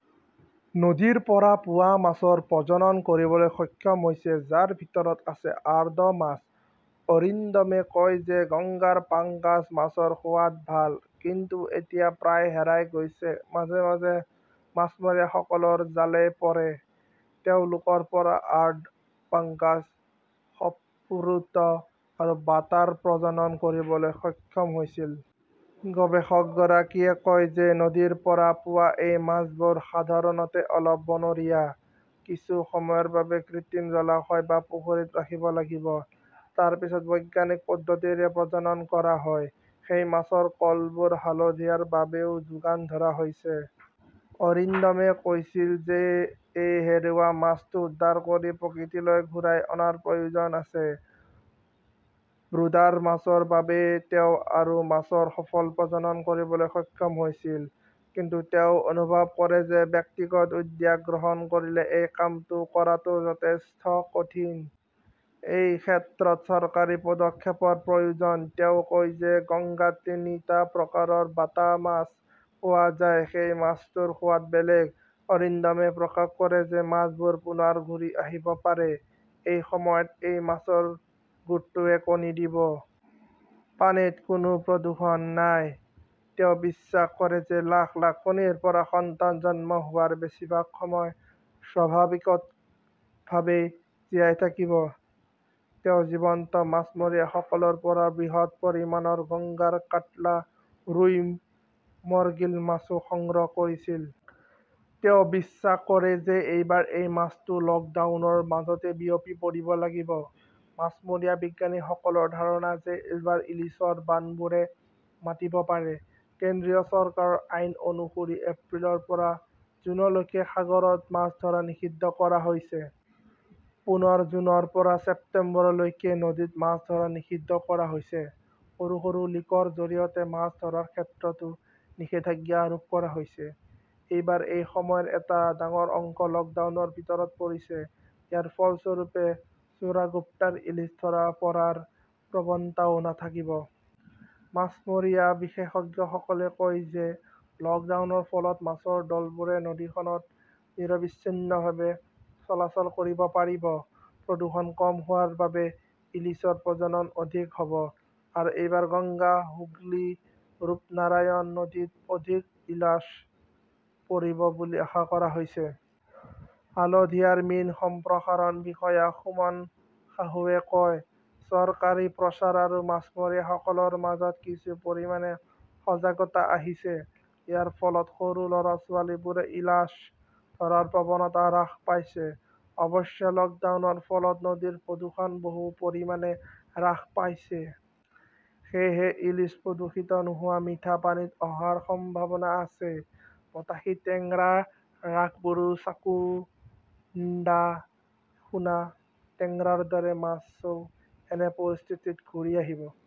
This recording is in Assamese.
নদীৰ পৰা পোৱা মাছৰ প্ৰজনন কৰিবলৈ সক্ষম হৈছে, যাৰ ভিতৰত আছে আৰ্ড মাছ। অৰিন্দমে কয় যে গংগাৰ পাঙ্গাস মাছৰ সোৱাদ ভাল। কিন্তু এতিয়া প্ৰায় হেৰাই গৈছে। মাজে মাজে মাছমৰীয়াসকলৰ জালে পৰে। তেওঁলোকৰ পৰা আৰ্ড, পাঙ্গাস, সৰ্পুট আৰু বাটাৰ প্ৰজনন কৰিবলৈ সক্ষম হৈছিল। গৱেষকগৰাকীয়ে কয় যে নদীৰ পৰা পোৱা এই মাছবোৰ সাধাৰণতে অলপ 'বনৰীয়া। কিছু সময়ৰ বাবে কৃত্ৰিম জলাশয় বা পুখুৰীত ৰাখিব লাগিব। তাৰ পিছত বৈজ্ঞানিক পদ্ধতিৰে প্ৰজনন কৰা হয়। সেই মাছৰ কলবোৰ হালদিয়াৰ বাবেও যোগান ধৰা হৈছে। অৰিন্দমে কৈছিল যে এই হেৰুওৱা মাছটো উদ্ধাৰ কৰি প্ৰকৃতিলৈ ঘূৰাই অনাৰ প্ৰয়োজন আছে। ব্ৰুডাৰ মাছৰ বাবেই তেওঁ আৰু মাছৰ সফল প্ৰজনন কৰিবলৈ সক্ষম হৈছিল। কিন্তু তেওঁ অনুভৱ কৰে যে ব্যক্তিগত উদ্যোগ গ্ৰহণ কৰিলে এই কামটো কৰাটো যথেষ্ট কঠিন। এই ক্ষেত্ৰত চৰকাৰী পদক্ষেপৰ প্ৰয়োজন। তেওঁ কয় যে গংগাত তিনিটা প্ৰকাৰৰ বাটা মাছ পোৱা যায়। সেই মাছটোৰ সোৱাদ বেলেগ। অৰিন্দমে প্ৰকাশ কৰে যে মাছবোৰ পুনৰ ঘূৰি আহিব পাৰে। এই সময়ত এই মাছৰ গোটটোৱে কণী দিব। পানীত কোনো প্ৰদূষণ নাই। তেওঁ বিশ্বাস কৰে যে লাখ লাখ কণীৰ পৰা সন্তান জন্ম হোৱাৰ বেছিভাগ সময় স্বাভাৱিকভাৱেই জীয়াই থাকিব। তেওঁ জীৱন্ত মাছমৰীয়াসকলৰ পৰা বৃহৎ পৰিমাণৰ গংগাৰ কাটলা, ৰুই, মৰ্গীল মাছও সংগ্ৰহ কৰিছিল। তেওঁ বিশ্বাস কৰে যে এইবাৰ এই মাছটো লকডাউনৰ মাজতে বিয়পি পৰিব লাগিব। মাছমৰীয়া বিজ্ঞানীসকলৰ ধাৰণা যে এইবাৰ ইলিছৰ 'বানবোৰে মাতিব পাৰে। কেন্দ্ৰীয় চৰকাৰৰ আইন অনুসৰি এপ্ৰিলৰ পৰা জুনলৈকে সাগৰত মাছ ধৰা নিষিদ্ধ কৰা হৈছে। পুনৰ জুনৰ পৰা ছেপ্টেম্বৰলৈকে নদীত মাছ ধৰা নিষিদ্ধ কৰা হৈছে। সৰু সৰু লিকৰ জৰিয়তে মাছ ধৰাৰ ক্ষেত্ৰতো নিষেধাজ্ঞা আৰোপ কৰা হৈছে। এইবাৰ এই সময়ৰ এটা ডাঙৰ অংশ লকডাউনৰ ভিতৰত পৰিছে। ইয়াৰ ফলস্বৰূপে চোৰাগোপ্টাৰ ইলিশ ধৰা পৰাৰ প্ৰৱণতাও নাথাকিব। মাছমৰীয়া বিশেষজ্ঞসকলে কয় যে লকডাউনৰ ফলত মাছৰ দলবোৰে নদীখনত নিৰবিচ্ছিন্নভাৱে চলাচল কৰিব পাৰিব। প্ৰদূষণ কম হোৱাৰ বাবে ইলিছৰ প্ৰজনন অধিক হব। আৰু এইবাৰ গংগা, হুগলী, ৰূপনাৰায়ণ নদীত অধিক ইলাছ পৰিব বুলি আশা কৰা হৈছে। হালদিয়াৰ মীন সম্প্ৰসাৰণ বিষয়া সুমন সাহুৱে কয়, চৰকাৰী প্ৰচাৰ আৰু মাছমৰীয়াসকলৰ মাজত কিছু পৰিমাণে সজাগতা আহিছে। ইয়াৰ ফলত সৰু লৰা-ছোৱালীবোৰে ইলাছ ধৰাৰ প্ৰৱণতা হ্ৰাস পাইছে। অৱশ্যে, লকডাউনৰ ফলত নদীৰ প্ৰদূষণ বহু পৰিমাণে হ্ৰাস পাইছে। সেয়েহে ইলিছ প্ৰদূষিত নোহোৱা মিঠা পানীত অহাৰ সম্ভাৱনা আছে। বতাসী, টেংৰা, ৰাসবোৰা চাকুণ্ডা, সোনা টেংৰাৰ দৰে মাছও এনে পৰিস্থিতিত ঘূৰি আহিব।